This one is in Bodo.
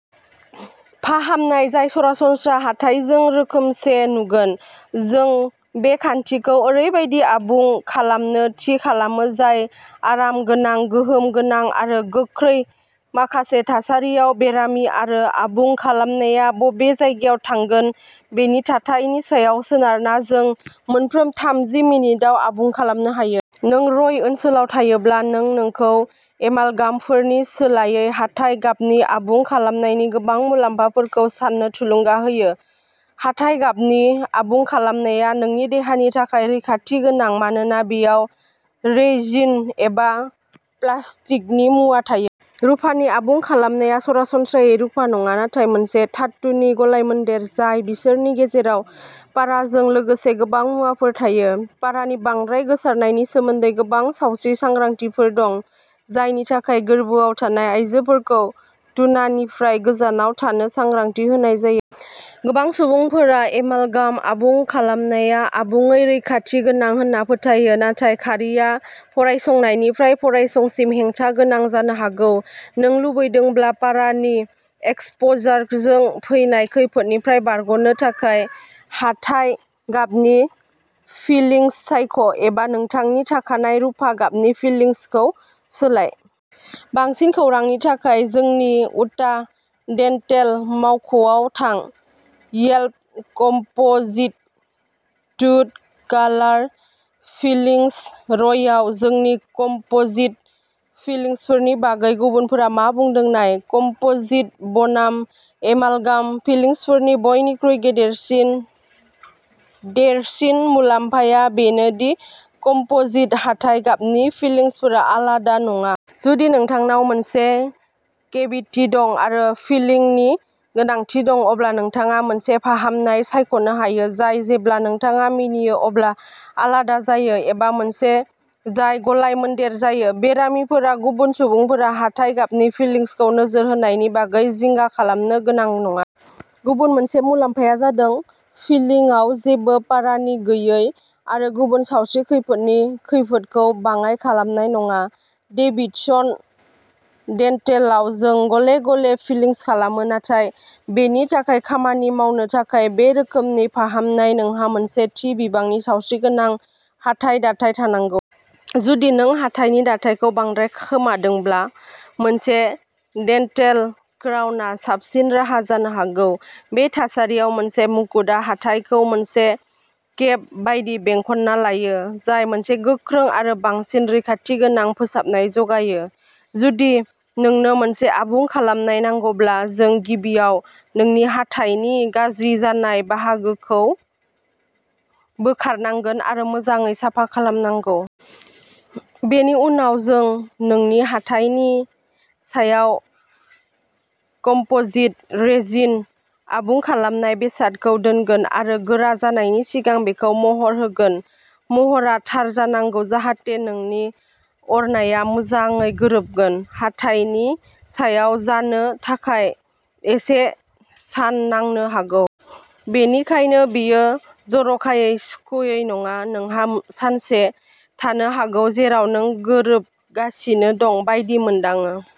फाहामनाय जाय सरासनस्रा हाथाइजों रोखोमसे नुगोन। जों बे खान्थिखौ ओरैबायदि आबुं खालामनो थि खालामो जाय आरामगोनां, गोहोम गोनां आरो गोख्रै। माखासे थासारियाव, बेरामि आरो आबुं खालामनाया बबे जायगायाव थांगोन बेनि थाथायनि सायाव सोनारना, जों मोनफ्रोम थामजि मिनिटाव आबुं खालामनो हायो। नों रय ओनसोलाव थायोब्ला, जों नोंखौ एमालगामफोरनि सोलायै हाथाइ गाबनि आबुं खालामनायनि गोबां मुलाम्फाफोरखौ सान्नो थुलुंगा होयो। हाथाइ गाबनि आबुं खालामनाया नोंनि देहानि थाखाय रैखाथि गोनां मानोना बेयाव रेजिन एबा प्लास्टिकनि मुवा थायो। रुफानि आबुं खालामनाया सरासनस्रायै रुफा नङा, नाथाय मोनसे धातुनि गलायमोन्देर जाय बिसोरनि गेजेराव पाराजों लोगोसे गोबां मुवाफोर थायो। पारानि बांद्राय गोसारनायनि सोमोन्दै गोबां सावस्रि सांग्रांथिफोर दं, जायनि थाखाय गोरबोआव थानाय आयजोफोरखौ टुनानिफ्राय गोजानाव थानो सांग्रांथि होनाय जायो। गोबां सुबुंफोरा एमालगाम आबुं खालामनाया आबुङै रैखाथि गोनां होनना फोथायो, नाथाय खारिआ फरायसंनायनिफ्राय फरायसंसिम हेंथा गोनां जानो हागौ। नों लुबैदोंब्ला पारानि एक्सप'जारजों फैनाय खैफोदनिफ्राय बारग'नो थाखाय, हाथाइ गाबनि फिलिंस सायख', एबा नोंथांनि थाखानाय रुफा गाबनि फिलिंसखौ सोलाय। बांसिन खौरांनि थाखाय जोंनि उटाह डेन्टेल मावख'आव थां। Yelp composite tooth colour fillings रयआव जोंनि कम्प'जिट फिलिंसफोरनि बागै गुबुनफोरा मा बुंदों नाय। कम्प'जिट बनाम एमालगाम फिलिंसफोरनि बयनिख्रुइ देरसिन मुलाम्फाया बेनो दि कम्प'जिट हाथाइ गाबनि फिलिंसफोरा आलादा नङा। जुदि नोंथांनाव मोनसे केभिटि दं आरो फिलिंनि गोनांथि दं, अब्ला नोंथाङा मोनसे फाहामनाय सायख'नो हायो जाय जेब्ला नोंथाङा मिनियो अब्ला आलादा जायो एबा मोनसे जाय गलाय-मोनदेर जायो। बेरामिफोरा गुबुन सुबुंफोरा हाथाइ गाबनि फिलिंसखौ नोजोर होनायनि बागै जिंगा खालामनो गोनां नङा। गुबुन मोनसे मुलाम्फाया जादों फिलिंआव जेबो पारानि गैयै आरो गुबुन सावस्रि खैफोदनि खैफोदखौ बाङाइ खालामनाय नङा। डेभिडसन डेन्टेलाव, जों गले-गले फिलिंस खालामो, नाथाय बेनि थाखाय। खामानि मावनो थाखाय बे रोखोमनि फाहामनाय, नोंहा मोनसे थि बिबांनि सावस्रिगोनां हाथाइ दाथाय थानांगौ। जुदि नों हाथाइनि दाथायखौ बांद्राय खोमादोंब्ला, मोनसे डेन्टेल क्राउनआ साबसिन राहा जानो हागौ। बे थासारियाव, मोनसे मुकुतआ हाथाइखौ मोनसे केप बायदि बेंखनना लायो, जाय मोनसे गोख्रों आरो बांसिन रैखाथि गोनां फोसाबनाय जगायो। जुदि नोंनो मोनसे आबुं खालामनाय नांगौब्ला, जों गिबियाव नोंनि हाथाइनि गाज्रि जानाय बाहागोखौ बोखारनांगोन आरो मोजाङै साफा खालामनांगौ। बेनि उनाव, जों नोंनि हाथाइनि सायाव कम्पोजिट रेजिन आबुं खालामनाय बेसादखौ दोनगोन आरो गोरा जानायनि सिगां बेखौ महर होगोन। महरआ थार जानांगौ जाहाथे नोंनि अरनाया मोजाङै गोरोबगोन। हाथाइनि सायाव जानो थाखाय इसे सान नांनो हागौ। बेनिखायनो, बेयो जर'खायै सुखुयै नङा, नोंहा सानसे थानो हागौ जेराव नों गोरोबगासिनो दं बायदि मोनदाङो।